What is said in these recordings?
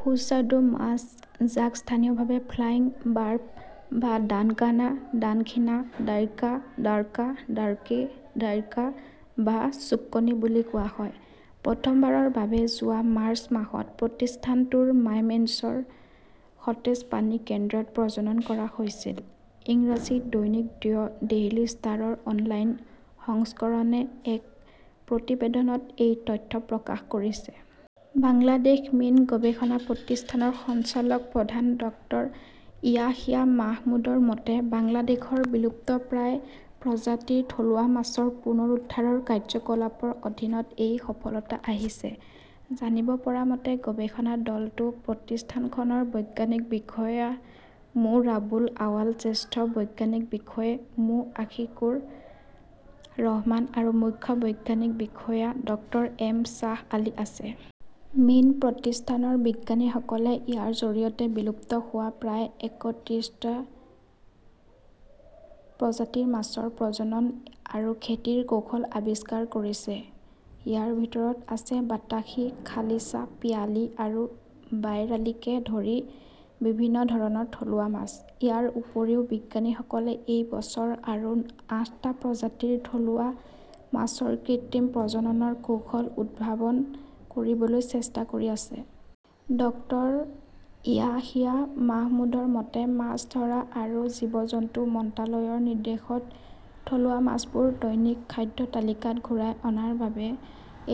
সুস্বাদু মাছ, যাক স্থানীয়ভাৱে ফ্লাইং বাৰ্ব বা ডানকানা, ডানখিনা, ডাইৰ্কা, দাৰ্কা, দাৰ্কি, ডাইৰ্কা বা চুক্কনী বুলি কোৱা হয়, প্ৰথমবাৰৰ বাবে যোৱা মাৰ্চ মাহত প্ৰতিষ্ঠানটোৰ মাইমেঞ্চৰ সতেজ পানী কেন্দ্ৰত প্ৰজনন কৰা হৈছিল। ইংৰাজী দৈনিক দ্য ডেইলী ষ্টাৰৰ অনলাইন সংস্কৰণে এক প্ৰতিবেদনত এই তথ্য প্ৰকাশ কৰিছে। বাংলাদেশ মীন গৱেষণা প্ৰতিষ্ঠানৰ সঞ্চালক প্ৰধান ডক্টৰ ইয়াহিয়া মাহমুদৰ মতে, বাংলাদেশৰ বিলুপ্তপ্ৰায় প্ৰজাতিৰ থলুৱা মাছৰ পুনৰুদ্ধাৰৰ কাৰ্যকলাপৰ অধীনত এই সফলতা আহিছে। জানিব পৰা মতে, গৱেষণা দলটোত প্ৰতিষ্ঠানখনৰ বৈজ্ঞানিক বিষয়া মো ৰাবুল আৱাল, জ্যেষ্ঠ বৈজ্ঞানিক বিষয়া মো আশিকুৰ ৰহমান আৰু মুখ্য বৈজ্ঞানিক বিষয়া ডক্টৰ এম শ্বাহ আলী আছে। মীন প্ৰতিষ্ঠানৰ বিজ্ঞানীসকলে ইয়াৰ জৰিয়তে বিলুপ্ত হোৱা প্ৰায় একত্ৰিশটা প্ৰজাতিৰ মাছৰ প্ৰজনন আৰু খেতিৰ কৌশল আৱিষ্কাৰ কৰিছে। ইয়াৰ ভিতৰত আছে বাতাসী, খালিছা, পিয়ালী আৰু বাইৰালীকে ধৰি বিভিন্ন ধৰণৰ থলুৱা মাছ। ইয়াৰ উপৰিও, বিজ্ঞানীসকলে এই বছৰ আৰু আঠটা প্ৰজাতিৰ থলুৱা মাছৰ কৃত্ৰিম প্ৰজননৰ কৌশল উদ্ভাৱন কৰিবলৈ চেষ্টা কৰি আছে। ডক্টৰ ইয়াহিয়া মাহমুদৰ মতে, মাছ ধৰা আৰু জীৱজন্তু মন্ত্ৰালয়ৰ নিৰ্দেশত থলুৱা মাছবোৰ দৈনিক খাদ্য তালিকাত ঘূৰাই অনাৰ বাবে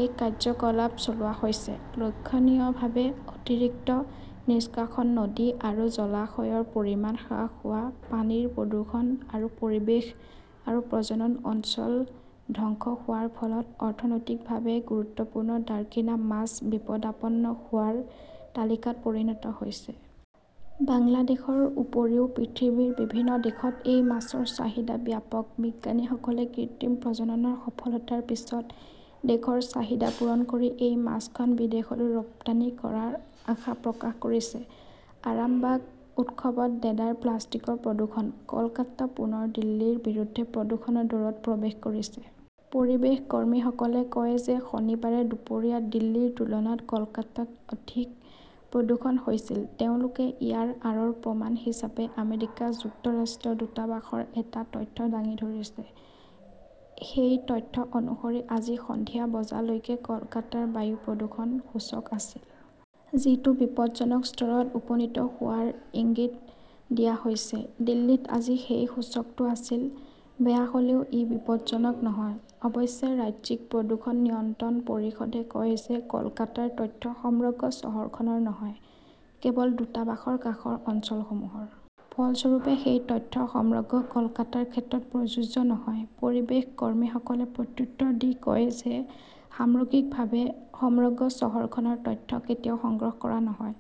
এই কাৰ্যকলাপ চলোৱা হৈছে। লক্ষণীয়ভাৱে, অতিৰিক্ত নিষ্কাশন, নদী আৰু জলাশয়ৰ পৰিমাণ হ্ৰাস হোৱা, পানীৰ প্ৰদূষণ আৰু পৰিৱেশ আৰু প্ৰজনন অঞ্চল ধ্বংস হোৱাৰ ফলত অৰ্থনৈতিকভাৱে গুৰুত্বপূৰ্ণ ডাৰ্কিনা মাছ বিপদাপন্ন হোৱাৰ তালিকাত পৰিণত হৈছে। বাংলাদেশৰ উপৰিও পৃথিৱীৰ বিভিন্ন দেশত এই মাছৰ চাহিদা ব্যাপক। বিজ্ঞানীসকলে কৃত্ৰিম প্ৰজননৰ সফলতাৰ পিছত দেশৰ চাহিদা পূৰণ কৰি এই মাছখন বিদেশলৈ ৰপ্তানি কৰাৰ আশা প্ৰকাশ কৰিছে। আৰামবাগ উৎসৱত দেদাৰ প্লাষ্টিকৰ প্ৰদূষণ। কলকাতা পুনৰ দিল্লীৰ বিৰুদ্ধে প্ৰদূষণৰ দৌৰত প্ৰৱেশ কৰিছে। পৰিৱেশ কৰ্মীসকলে কয় যে শনিবাৰে দুপৰীয়া দিল্লীৰ তুলনাত কলকাতাত অধিক প্ৰদূষণ হৈছিল। তেওঁলোকে ইয়াৰ আঁৰৰ প্ৰমাণ হিচাপে আমেৰিকা যুক্তৰাষ্ট্ৰৰ দূতাবাসৰ এটা তথ্য দাঙি ধৰিছে। সেই তথ্য অনুসৰি, আজি সন্ধিয়া বজালৈকে কলকাতাৰ বায়ু প্ৰদূষণ সূচক আছিল। যিটো বিপদজনক স্তৰত উপনীত হোৱাৰ ইংগিত দিয়া হৈছে। দিল্লীত আজি সেই সূচকটো আছিল। বেয়া হ'লেও ই বিপদজনক নহয়। অৱশ্যে, ৰাজ্যিক প্ৰদূষণ নিয়ন্ত্ৰণ পৰিষদে কয় যে কলকাতাৰ তথ্য সমগ্ৰ চহৰখনৰ নহয়, কেৱল দূতাবাসৰ কাষৰ অঞ্চলসমূহৰ। ফলস্বৰূপে, সেই তথ্য সমগ্ৰ কলকাতাৰ ক্ষেত্ৰত প্ৰযোজ্য নহয়। পৰিৱেশ কৰ্মীসকলে প্ৰত্যুত্তৰ দি কয় যে সামগ্ৰিকভাৱে সমগ্ৰ চহৰখনৰ তথ্য কেতিয়াও সংগ্ৰহ কৰা নহয়।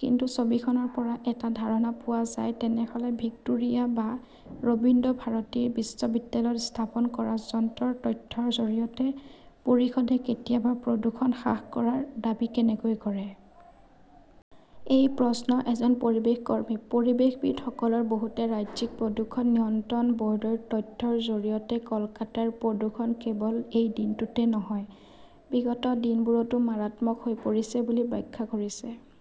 কিন্তু ছবিখনৰ পৰা এটা ধাৰণা পোৱা যায়। তেনেহ'লে ভিক্টোৰিয়া বা ৰবীন্দ্ৰভাৰতী বিশ্ববিদ্যালয়ত স্থাপন কৰা যন্ত্ৰৰ তথ্যৰ জৰিয়তে পৰিষদে কেতিয়াবা প্ৰদূষণ হ্ৰাস কৰাৰ দাবী কেনেকৈ কৰে? এই প্ৰশ্ন এজন পৰিৱেশ কৰ্মীৰ। পৰিৱেশবিদসকলৰ বহুতে ৰাজ্যিক প্ৰদূষণ নিয়ন্ত্ৰণ ব'ৰ্ডৰ তথ্যৰ জৰিয়তে কলকাতাৰ প্ৰদূষণ কেৱল এই দিনটোতে নহয়, বিগত দিনবোৰতো মাৰাত্মক হৈ পৰিছে বুলি ব্যাখ্যা কৰিছে।